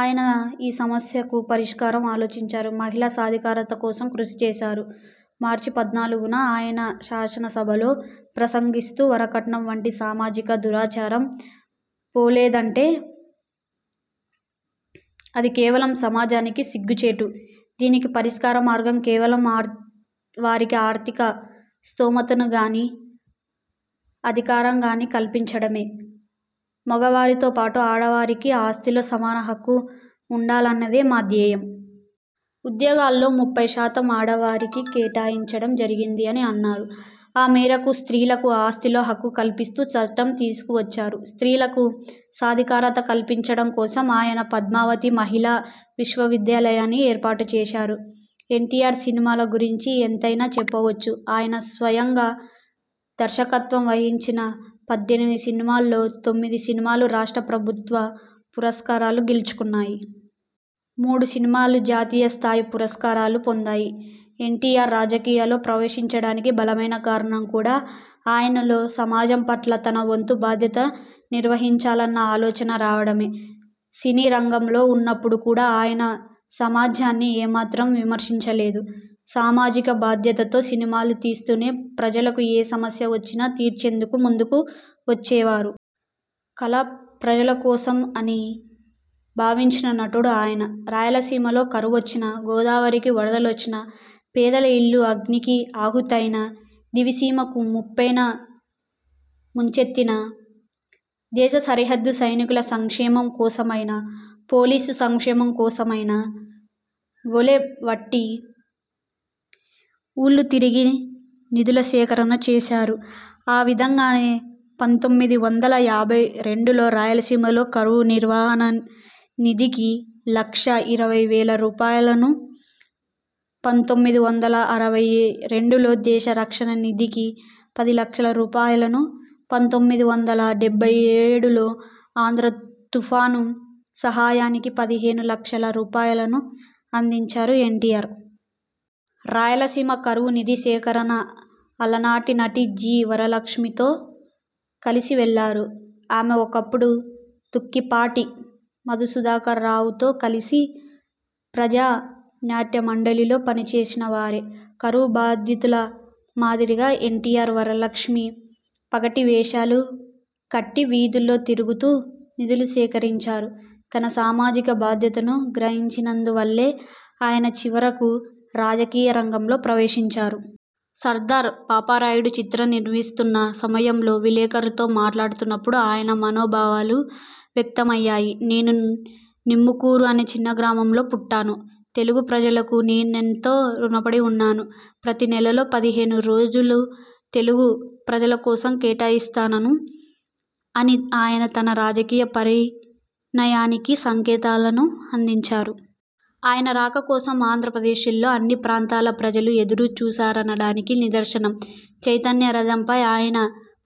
ఆయన ఈ సమస్యకు పరిష్కారాలు ఆలోచించారు. మహిళా సాధికారత కోసం కృషిచేశారు. మార్చిపద్నాలుగున ఆయన శాసనసభలో ప్రసంగిస్తూ వరకట్నం వంటి సామాజిక దురాచారం పోలేదంటే అది కేవలం సమాజానికి సిగ్గుచేటు. దీనికి పరిష్కార మార్గం కేవలం వారికి ఆర్థిక స్తోమతగానీ, అధికారం కానీ కల్పించడమే. మగవారితో పాటు ఆడవారికి ఆస్తిలో సమాన హక్కు ఉండాలన్నదే మా ధ్యేయం. ఉద్యోగాల్లో ముప్పై శాతం ఆడవారికి కేటాయించడం జరిగింది అని అన్నారు. ఆ మేరకు స్త్రీలకు ఆస్తిలో హక్కు కల్పిస్తూ చట్టం తీసుకువచ్చారు. స్త్రీలకు సాధికారత కల్పించడం కోసం ఆయన పద్మావతి మహిళా విశ్వవిద్యాలయాన్ని ఏర్పాటు చేశారు. ఎన్టీఆర్ సినిమాల గురించి ఎంతైనా చెప్పవచ్చు. ఆయన స్వయంగా దర్శకత్వం వహించిన పద్దెనిమిది సినిమాల్లో తొమ్మిది సినిమాలు రాష్ట్ర ప్రభుత్వ పురస్కారాలు గెలుచుకున్నాయి. మూడు సినిమాలు జాతీయ స్థాయి పురస్కారాలు పొందాయి. ఎన్టీఆర్ రాజకీయాల్లో ప్రవేశించడానికి బలమైన కారణం కూడా ఆయనలో సమాజం పట్ల తన వంతు బాధ్యత నిర్వహించాలన్న ఆలోచన రావడమే. సినీరంగంలో ఉన్నప్పుడు కూడా ఆయన సమాజాన్ని ఏమాత్రం విస్మరించలేదు. సామాజిక బాధ్యతతో సినిమాలు తీస్తూనే ప్రజలకు ఏ సమస్య వచ్చినా తీర్చేందుకు ముందుకు వచ్చేవారు. కళ ప్రజలకోసం అని భావించిన నటుడు ఆయన. రాయలసీమలో కరువొచ్చినా, గోదావరికి వరదలొచ్చినా, పేదల ఇళ్ళు అగ్నికి ఆహుతైనా, దివిసీమను ఉప్పెన ముంచెత్తినా, దేశ సరిహద్దు సైనికుల సంక్షేమం కోసమైనా, పోలీసు సంక్షేమం కోసమైనా జోలె పట్టి, ఊళ్ళు తిరిగి నిధుల సేకరణ చేశారు. ఆ విధంగానే పంతొమ్మిది వందల యాభై రెండులో రాయలసీమలో కరవు నివారణ నిధికి లక్షా ఇరవై వేల రూపాయలను, పంతొమ్మిది వందల అరవై రెండులో దేశ రక్షణ నిధికి పది లక్షల రూపాయలను, పంతొమ్మిది వందల డెబ్బై ఏడులో ఆంధ్ర తుఫాను సహాయనిధికి పదిహేను లక్షల రూపాయలను అందించారు ఎన్టీఆర్. రాయలసీమ కరవు నిధి సేకరణకు అలనాటి నటి జి. వరలక్ష్మితో కలిసి వెళ్ళారు. ఆమె ఒకప్పుడు దుక్కిపాటి మధుసూధనరావుతో కలిసి ప్రజానాట్యమండలిలో పనిచేసిన వారే. కరవు బాధితుల మాదిరిగా ఎన్టీఆర్, వరలక్ష్మి పగటి వేషాలు కట్టి వీధుల్లో తిరుగుతూ నిధులు సేకరించారు. తన సామాజిక బాధ్యతను గ్రహించినందువల్లే ఆయన చివరకు రాజకీయ రంగంలో ప్రవేశించారు. సర్దార్ పాపారాయుడు చిత్రం నిర్మిస్తున్న సమయంలో విలేకరులతో మాట్లాడుతున్నప్పుడు ఆయన మనోభావాలు వ్యక్తమయ్యాయి. నేను నిమ్మకూరు అనే చిన్న గ్రామంలో పుట్టాను. తెలుగు ప్రజలకు నేనెంతో రుణపడి ఉన్నాను. ప్రతి నెలలో పదిహేను రోజులు తెలుగు ప్రజలకోసం కేటాయిస్తాను అని ఆయన తన రాజకీయ ప్రయాణానికి సంకేతాలను అందించారు. ఆయన రాక కోసం ఆంధ్రప్రదేశ్లో అన్ని ప్రాంతాల ప్రజలు ఎదురు చూశారనడానికి నిదర్శనం చైతన్యరథంపై ఆయన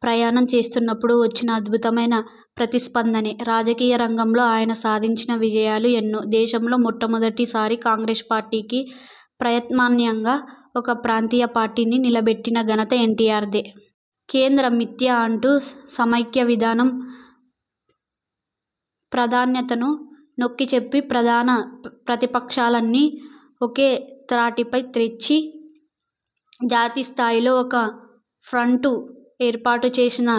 ప్రయాణం చేస్తున్నప్పుడు వచ్చిన అద్భుతమైన ప్రతిస్పందనే. రాజకీయ రంగంలో ఆయన సాధించిన విజయాలు ఎన్నో. దేశంలో మొట్టమొదటి సారి కాంగ్రెస్ పార్టీకి ప్రత్యామ్నాయంగా ఒక ప్రాంతీయపార్టీని నిలబెట్టిన ఘనత ఎన్టీఆర్దే. కేంద్రం మిథ్య అంటూ సమాఖ్యవిధానం ప్రాధాన్యతను నొక్కిచెప్పి, ప్రధాన ప్రతిపక్షాలనన్నీ ఒకే త్రాటిపై తెచ్చి జాతీయస్థాయిలో ఒక ఫ్రంట్ను ఏర్పాటుచేసిన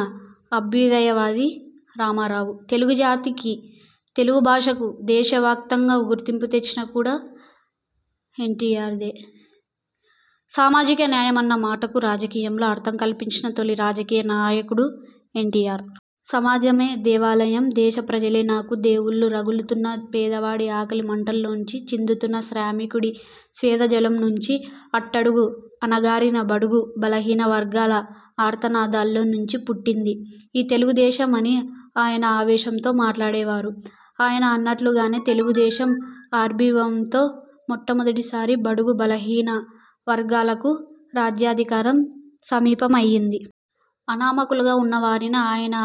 అభ్యుదయవాది రామారావు. తెలుగు జాతికీ, తెలుగుభాషకూ దేశవ్యాప్తంగా గుర్తింపుతెచ్చింది కూడా ఎన్టీఆరే. సామాజిక న్యాయం అన్న మాటకు రాజకీయాల్లో అర్థం కల్పించిన తొలి రాజకీయ నాయకుడు ఎన్టీఆర్. సమాజమే దేవాలయం, పేద ప్రజలే నాకు దేవుళ్లురగులుతున్న పేదవాడి ఆకలి మంటల్లోంచి, చిందుతున్న శ్రామికుడి స్వేదజలం నుంచి, అట్టడుగుకు అణగారిన బడుగు బలహీనవర్గాల ఆర్తనాదాల్లో నుంచి పుట్టింది ఈ తెలుగుదేశం అని ఆయన ఆవేశంతో మాట్లాడేవారు. ఆయన అన్నట్లుగానే తెలుగుదేశం ఆవిర్భావంతో మొట్టమొదటి సారి బడుగు బలహీన వర్గాలకు రాజ్యాధికారం సమీపం అయింది. అనామకులుగా ఉన్న వారిని ఆయన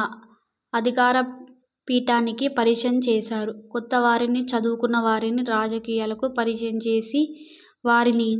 అధికారపీఠానికి పరిచయం చేశారు. కొత్తవారిని, చదువుకున్న వారిని రాజకీయాలకు పరిచయం చేసి వారిని